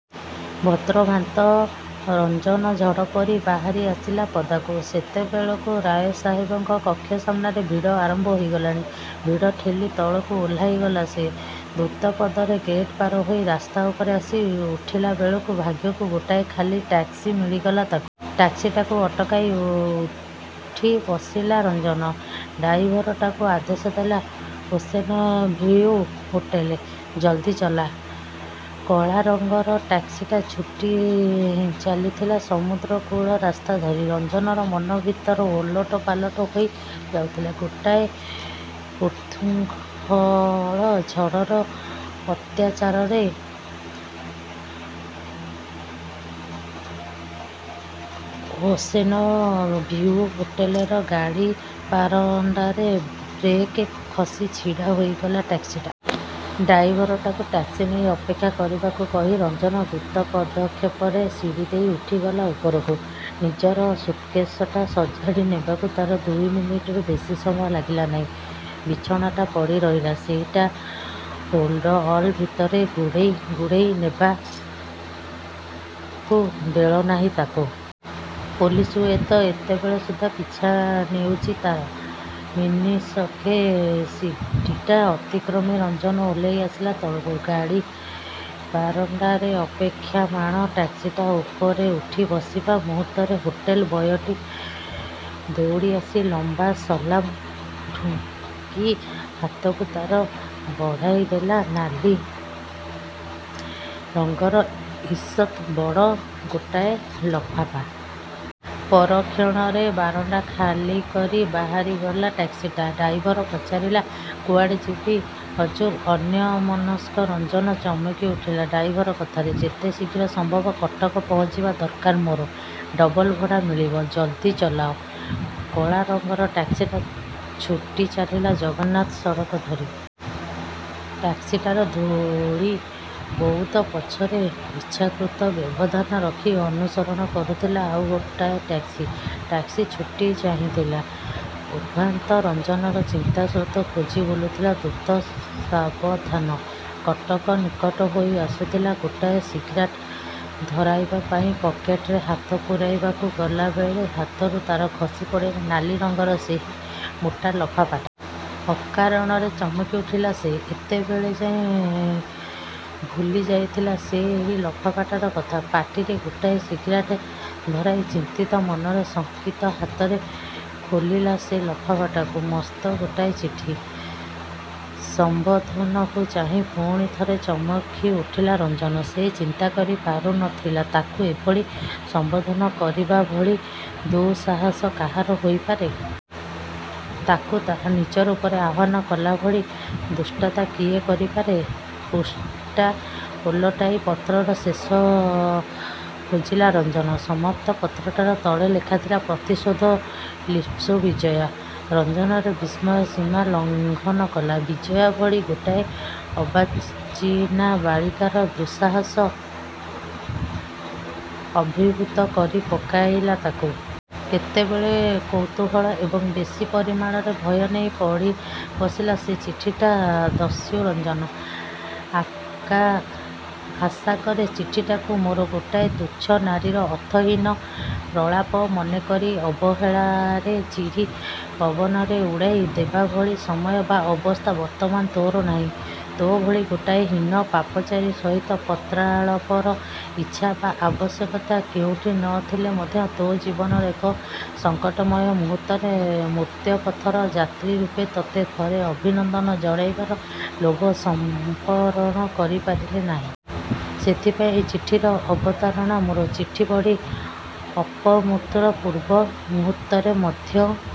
ଭଦ୍ରଭ୍ରାନ୍ତ ରଞ୍ଜନ ଝଡ଼ ପରି ବାହାରି ଆସିଲା ପଦାକୁ। ସେତେବେଳକୁ ରାୟସାହେବଙ୍କ କକ୍ଷ ସାମ୍ନାରେ ଭିଡ଼ ଆରମ୍ଭ ହୋଇଗଲାଣି। ଭିଡ଼ ଠେଲି ତଳକୁ ଓହ୍ଲାଇଗଲା ସେ। ଦ୍ରୁତପଦରେ ଗେଟ୍ ପାର ହୋଇ ରାସ୍ତା ଉପରେ ଆସି ଉଠିଲାବେଳକୁ ଭାଗ୍ୟକୁ ଗୋଟାଏ ଖାଲି ଟାକ୍ସି ମିଳିଗଲା ତାକୁ। ଟାକ୍ସିଟାକୁ ଅଟକାଇ ଉଠି ବସିଲା ରଞ୍ଜନ। ଡ୍ରାଇଭରଟାକୁ ଆଦେଶ ଦେଲା ଓସେନଭିଉ ହୋଟେଲ। ଜଲଦି ଚଳା। କଳାରଙ୍ଗର ଟାକ୍ସିଟା ଛୁଟି ଚାଲିଥିଲା ସମୁଦ୍ରକୂଳ ରାସ୍ତା ଧରି। ରଞ୍ଜନର ମନ ଭିତର ଓଲଟପାଲଟ ହୋଇ ଯାଉଥିଲା ଗୋଟାଏ ଉତ୍ଶୃଙ୍ଖଳ ଝଡ଼ର ଅତ୍ୟାଚାରରେ। ଓସେନ ଭିଉ ହୋଟେଲର ଗାଡ଼ିବାରଣ୍ତାରେ ବ୍ରେକ କସି ଛିଡ଼ା ହୋଇଗଲା ଟାକ୍ସିଟା। ଡ୍ରାଇଭରଟାକୁ ଟାକ୍ସି ନେଇ ଅପେକ୍ଷା କରିବାକୁ କହି ରଞ୍ଜନ ଦ୍ରୁତ ପଦକ୍ଷେପରେ ସିଡ଼ିଦେଇ ଉଠିଗଲା ଉପରକୁ। ନିଜର ସୁଟକେଶଟା ସଜାଡ଼ି ନେବାକୁ ତାର ଦୁଇମିନିଟରୁ ବେଶି ସମୟ ଲାଗିଲା ନାହିଁ। ବିଛଣାଟା ପଡ଼ି ରହିଲା। ସେଇଟା ହୋଲ୍ଡ଼ଅଲ ଭିତରେ ଗୁଡ଼େଇ ଗୁଡ଼େଇ ନେବାକୁ ବେଳନାହିଁ ତାକୁ। ପୋଲିସ୍ ହୁଏତ ଏତେବେଳ ସୁଦ୍ଧା ପିଛା ନେଉଚି ତା'ର। ନିମିଷକେ ସିଡ଼ିଟା ଅତିକ୍ରମି ରଞ୍ଜନ ଓହ୍ଲେଇ ଆସିଲା ତଳକୁ। ଗାଡ଼ିବାରଣ୍ତାରେ ଅପେକ୍ଷାମାଣ ଟାକ୍ସିଟା ଉପରେଉଠି ବସିବା ମୁହୂର୍ତ୍ତରେ ହୋଟେଲ ବୟଟି, ଦଉଡ଼ି ଆସି ଲମ୍ଵା ସଲାମ ଠୁଙ୍କି ହାତକୁ ତାର ବଢ଼ାଇଦେଲା ନାଲି ରଙ୍ଗର ଇଷତ୍ ବଡ଼ ଗୋଟାଏ ଲଫାପା। ପରକ୍ଷଣରେ ବାରଣ୍ତା ଖାଲି କରି ବାହାରିଗଲା ଟାକ୍ସିଟା। ଡ୍ରାଇଭର ପଚାରିଲା। କୁଆଡ଼େ ଯିବି ହଜୁର। ଅନ୍ୟମନସ୍କ ରଞ୍ଜନ ଚମକି ଉଠିଲା ଡ୍ରାଇଭର କଥାରେ। ଯେତେଶିଘ୍ର ସମ୍ଭବ କଟକ ପହଞ୍ଚିବା ଦରକାର ମୋର। ଡବଲ ଭଡ଼ା ମିଳିବ। ଜଲଦି ଚଲାଅ। କଳାରଙ୍ଗର ଟାକ୍ସିଟା ଛୁଟି ଚାଲିଲା ଜଗନ୍ନାଥ ସଡ଼କ ଧରି। ଟାକ୍ସିଟାର ଧୂଳି ବଉଦ ପଛରେ, ଇଚ୍ଛାକୃତ ବ୍ୟବଧାନ ରଖି ଅନୁସରଣ କରୁଥିଲା ଆଉ ଗୋଟାଏ ଟାକ୍ସି। ଟାକ୍ସି ଛୁଟି ଚାଲିଥିଲା। ଉଦ୍ଭ୍ରାନ୍ତ ରଞ୍ଜନର ଚିନ୍ତାସ୍ରୋତ ଖୋଜି ବୁଲୁଥିଲା ଦ୍ରୁତ ସାବଧାନ। କଟକ ନିକଟ ହୋଇ ଆସୁଥିଲା। ଗୋଟାଏ ସିଗାରେଟ ଧରାଇବା ପାଇଁ ପକେଟରେ ହାତ ପୁରାଇବାକୁ ଗଲାବେଳେ ହାତରୁ ତା'ର ଖସି ପଡ଼ିଲା ନାଲି ରଙ୍ଗର ସେଇ ମୋଟା ଲଫାଫାଟା। ଅକାରଣରେ ଚମକି ଉଠିଲା ସେ। ଏତେବେଳଯାଏ ଭୁଲି ଯାଇଥିଲା ସେ ଏଇ ଲଫାପାଟାର କଥା। ପାଟିରେ ଗୋଟାଏ ସିଗାରେଟ ଧରାଇ ଚିନ୍ତିତ ମନରେ ଶଙ୍କିତ ହାତରେ ଖୋଲିଲା ସେ ଲଫାପାଟାକୁ। ମସ୍ତ ଗୋଟାଏ ଚିଠି। ସଂବୋଧନକୁ ଚାହିଁ ପୁଣିଥରେ ଚମକି ଉଠିଲା ରଞ୍ଜନ। ସେ ଚିନ୍ତା କରି ପାରୁ ନ ଥିଲା ତାକୁ ଏଭଳି ସମ୍ଵୋଧନ କରିବାଭଳି ଦୁଃ-ସାହସ କାହାର ହୋଇପାରେ। ତାକୁ ତା'ର ନିଜ ରୂପରେ ଆହ୍ଵାନ କଲାଭଳି ଧୃଷ୍ଟତା କିଏ କରିପାରେ? ପୃଷ୍ଠା ଓଲଟାଇ ପତ୍ରର ଶେଷ ଖୋଜିଲା ରଞ୍ଜନ। ସମାପ୍ତ ପତ୍ରଟାର ତଳେ ଲେଖାଥିଲା ପ୍ରତିଶୋଧ ଲିପ୍ସୁ ବିଜୟା। ରଞ୍ଜନର ବିସ୍ମୟ ସୀମା ଲଘଂନ କଲା। ବିଜୟା ଭଲି ଗୋଟାଏ ଅର୍ବାଚିନା ବାଳିକାର ଦୁଃସାହସ ଅଭିଭୂତ କରି ପକାଇଲା ତାକୁ। କେତେକ କୌତୂହଳ ଏବଂ ବେଶି ପରିମାଣରେ ଭୟ ନେଇ ପଢ଼ିବସିଲା ସେ ଚିଠିଟା ଦସ୍ୟୁ ରଞ୍ଜନ,। ଆଶାକରେ ଚିଠିଟାକୁ ମୋର ଗୋଟାଏ ତୁଚ୍ଛ ନାରୀର ଅର୍ଥହୀନ ପ୍ରଳାପ ମନେକରି, ଅବହେଳାରେ ଚିରି ପବନରେ ଉଡ଼ାଇ ଦେବାଭଳି ସମୟ ବା ଅବସ୍ଥା ବର୍ତ୍ତମାନ ତୋର ନାହିଁ। ତୋଭଳି ଗୋଟାଏ ହୀନ ପାପଚାରୀ ସହିତ ପତ୍ରାଳାପର ଇଚ୍ଛା ବା ଆବଶ୍ୟକତା କେଉଁଟି ନ ଥିଲେ ମଧ୍ୟ ତୋ ଜୀବନର ଏ ସଙ୍କଟମୟ ମୁହୂର୍ତ୍ତରେ, ମୃତ୍ୟପଥର ଯାତ୍ରୀ ରୂପେ ତୋତେ ଥରେ ଅଭିନନ୍ଦନ ଜଣାଇବାର ଲୋଭ ସମ୍ଵରଣ କରି ପାରିଲି ନାହିଁ। ସେଇଥିପାଇଁ ଏ ଚିଠିର ଅବତାରଣା ମୋର ଚିଠି ପଢ଼ି ଅପମୃତ୍ୟୁର ପୂର୍ବ ମୁହୂର୍ତ୍ତରେ ମଧ୍ୟ।